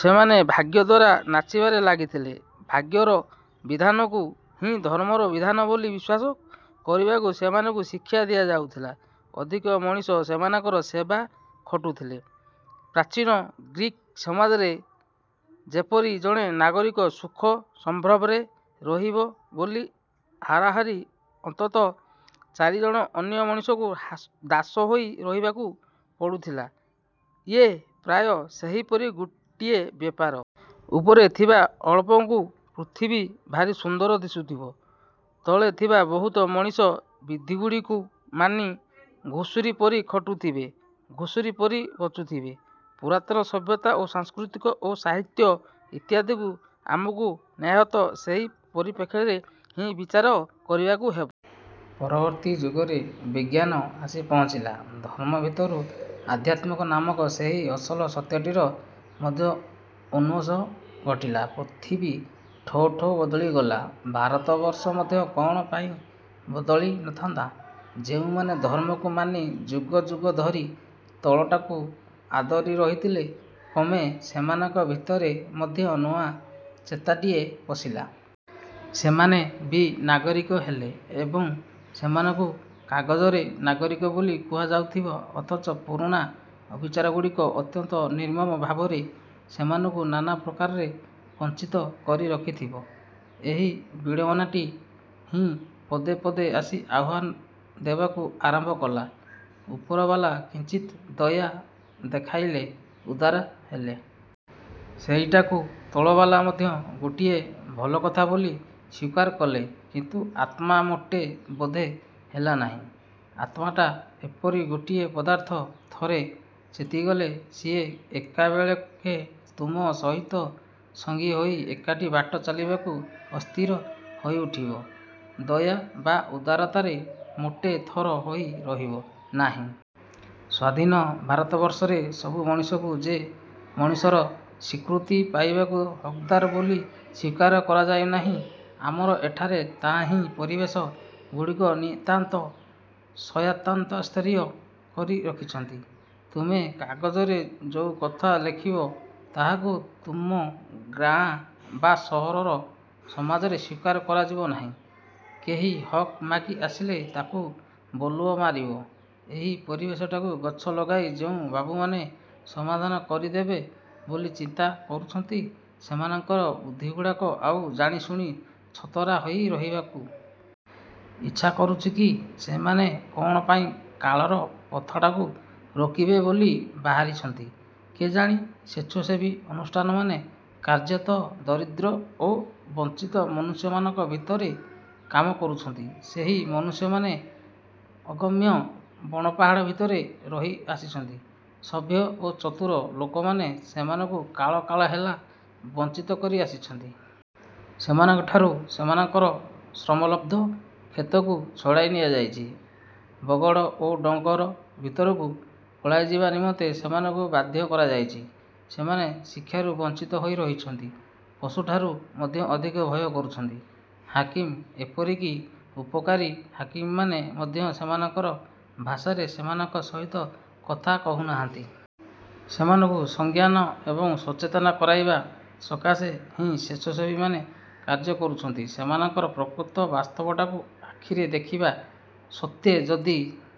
ସେମାନେ ଭାଗ୍ୟ ଦ୍ୱାରା ନାଚିବାରେ ଲାଗିଥିଲେ। ଭାଗ୍ୟର ବିଧାନକୁ ହିଁ ଧର୍ମର ବିଧାନ ବୋଲି ବିଶ୍ୱାସ କରିବାକୁ ସେମାନଙ୍କୁ ଶିକ୍ଷା ଦିଆଯାଉଥିଲା। ଅଧିକ ମଣିଷ ସେମାନଙ୍କର ସେବା ଖଟୁଥିଲେ। ପ୍ରାଚୀନ ଗ୍ରୀକ୍ ସମାଜରେ ଯେପରି ଜଣେ ନାଗରିକ ସୁଖ ସମ୍ଭ୍ରମରେ ରହିବ ବୋଲି ହାରାହାରି ଅନ୍ତତଃ ଚାରିଜଣ ଅନ୍ୟ ମଣିଷଙ୍କୁ ଦାସ ହୋଇ ରହିବାକୁ ପଡୁଥିଲା, ଇଏ ପ୍ରାୟ ସେହିପରି ଗୋଟିଏ ବ୍ୟାପାର। ଉପରେ ଥିବା ଅଳପଙ୍କୁ ପୃଥିବୀ ଭାରି ସୁନ୍ଦର ଦିଶୁଥିବ। ତଳେ ଥିବା ବହୁତ ମଣିଷ ବିଧିଗୁଡ଼ିକୁ ମାନି ଘୁଷୁରି ପରି ଖଟୁଥିବେ, ଘୁଷୁରି ପରି ବଞ୍ଚୁଥିବେ। ପୁରାତନ ସଭ୍ୟତା, ସଂସ୍କୃତି ଓ ସାହିତ୍ୟ ଇତ୍ୟାଦିକୁ ଆମକୁ ନ୍ୟାୟତଃ ସେହି ପରିପ୍ରେକ୍ଷୀରେ ହିଁ ବିଚାର କରିବାକୁ ହେବ। ପରବର୍ତ୍ତୀ ଯୁଗରେ ବିଜ୍ଞାନ ଆସି ପହଞ୍ଚିଲା। ଧର୍ମ ଭିତରୁ ଅଧ୍ୟାତ୍ମ ନାମକ ସେହି ଅସଲ ସତ୍ୟଟିର ମଧ୍ୟ ଉନ୍ମେଷ ଘଟିଲା। ପୃଥିବୀ ଠୋ' ଠୋ' ବଦଳି ଗଲା। ଭାରତବର୍ଷ ମଧ୍ୟ କ'ଣ ପାଇଁ ବଦଳି ନଥାନ୍ତା। ଯେଉଁମାନେ ଧର୍ମକୁ ମାନି ଯୁଗ ଯୁଗ ଧରି ତଳଟାକୁ ଆଦରି ରହିଥିଲେ, କ୍ରମେ ସେମାନଙ୍କ ଭିତରେ ମଧ୍ୟ ନୂଆ ଚେତାଟିଏ ପଶିଲା। ସେମାନେ ବି ନାଗରିକ ହେଲେ। ଏବଂ, ସେମାନଙ୍କୁ କାଗଜରେ ନାଗରିକ ବୋଲି କୁହାଯାଉଥିବ ଅଥଚ ପୁରୁଣା ଅବିଚାରଗୁଡ଼ିକ ଅତ୍ୟନ୍ତ ନିର୍ମମ ଭାବରେ ସେମାନଙ୍କୁ ନାନା ପ୍ରକାରେ ବଂଚିତ କରି ରଖିଥିବ, ଏହି ବିଡ଼ମ୍ବନାଟି ହିଁ ପଦେ ପଦେ ଆସି ଆହ୍ୱାନ ଦେବାକୁ ଆରମ୍ଭ କଲା। ଉପରବାଲା କିଂଚିତ୍ ଦୟା ଦେଖାଇଲେ, ଉଦାର ହେଲେ। ସେଇଟାକୁ ତଳବାଲା ମଧ୍ୟ ଗୋଟିଏ ଭଲକଥା ବୋଲି ସ୍ୱୀକାର କଲେ। କିନ୍ତୁ ଆତ୍ମା ମୋଟେ ବୋଧ ହେଲାନାହିଁ। ଆତ୍ମାଟା ଏପରି ଗୋଟିଏ ପଦାର୍ଥ, ଥରେ ଚେତିଗଲେ ସିଏ ଏକାବେଳେକେ ତୁମ ସହିତ ସଙ୍ଗୀ ହୋଇ ଏକାଠି ବାଟ ଚାଲିବାକୁ ଅସ୍ଥିର ହୋଇ ଉଠିବ। ଦୟା ବା ଉଦାରତାରେ ମୋଟେ ଥର ହୋଇ ରହିବ ନାହିଁ। ସ୍ୱାଧୀନ ଭାରତବର୍ଷରେ ସବୁ ମଣିଷଙ୍କୁ ଯେ ମଣିଷର ସ୍ୱୀକୃତି ପାଇବାକୁ ହକଦାର ବୋଲି ସ୍ୱୀକାର କରାଯାଉନାହିଁ, ଆମର ଏଠାରେ ତାହାହିଁ ପରିବେଶ ଗୁଡ଼ିକୁ ନିତାନ୍ତ ଶୟତାନସ୍ତରୀୟ କରି ରଖିଛି। ତୁମେ କାଗଜରେ ଯୋଉ କଥା ଲେଖିବ, ତାହାକୁ ତୁମ ଗାଆଁ ବା ସହରର ସମାଜରେ ସ୍ୱୀକାର କରାଯିବ ନାହିଁ, କେହି ହକ୍ ମାଗି ଆସିଲେ ତାକୁ ବୋଲୁଅ ମାରିବ, ଏହି ପରିବେଶଟାକୁ ଗଛ ଲଗାଇ ଯେଉଁ ବାବୁମାନେ ସମାଧାନ କରିଦେବେ ବୋଲି ଚିନ୍ତା କରୁଛନ୍ତି, ସେମାନଙ୍କର ବୁଦ୍ଧିଗୁଡ଼ାକ ଆଉ ଜାଣିଶୁଣି ଛତରା ହୋଇ ରହିବାକୁ। ଇଚ୍ଛା କରୁଛି କି? ସେମାନେ କ'ଣ ପାଇଁ କାଳର ପଥଟାକୁ ରୋକିବେ ବୋଲି ବାହାରିଛନ୍ତି କେଜାଣି? ସ୍ୱେଚ୍ଛାସେବୀ ଅନୁଷ୍ଠାନମାନେ କାର୍ଯ୍ୟତଃ ଦରିଦ୍ର ଓ ବଂଚିତ ମନୁଷ୍ୟମାନଙ୍କ ଭିତରେ କାମ କରୁଛନ୍ତି। ସେହି ମନୁଷ୍ୟମାନେ ଅଗମ୍ୟ ବଣପାହାଡ଼ ଭିତରେ ରହି ଆସିଛନ୍ତି। ସଭ୍ୟ ଓ ଚତୁର ଲୋକମାନେ ସେମାନଙ୍କୁ କାଳ କାଳ ହେଲା ବଂଚିତ କରି ଆସିଛନ୍ତି। ସେମାନଙ୍କଠାରୁ ସେମାନଙ୍କର ଶ୍ରମଲବ୍ଧ କ୍ଷେତକୁ ଛଡ଼ାଇ ନିଆଯାଇଛି। ବଗଡ଼ ଓ ଡ଼ଙ୍ଗର ଭିତରକୁ ପଳାଇଯିବା ନିମନ୍ତେ ସେମାନଙ୍କୁ ବାଧ୍ୟ କରାଯାଇଛି। ସେମାନେ ଶିକ୍ଷାରୁ ବଂଚିତ ହୋଇ ରହିଛନ୍ତି। ପଶୁଠାରୁ ମଧ୍ୟ ଅଧିକ ଭୟ କରୁଛନ୍ତି। ହାକିମ, ଏପରିକି ଉପକାରୀ ହାକିମମାନେ ମଧ୍ୟ ସେମାନଙ୍କର ଭାଷାରେ ସେମାନଙ୍କ ସହିତ କଥା କହୁନାହାନ୍ତି। ସେମାନଙ୍କୁ ସଜ୍ଞାନ ଏବଂ ସଚେତନ କରାଇବା ସକାଶେ ହିଁ ସ୍ୱେଚ୍ଛାସେବୀମାନେ କାର୍ଯ୍ୟ କରୁଛନ୍ତି। ସେମାନଙ୍କର ପ୍ରକୃତ ବାସ୍ତବଟାକୁ ଆଖିରେ ଦେଖିବା ସତ୍ତ୍ୱେ ଯଦି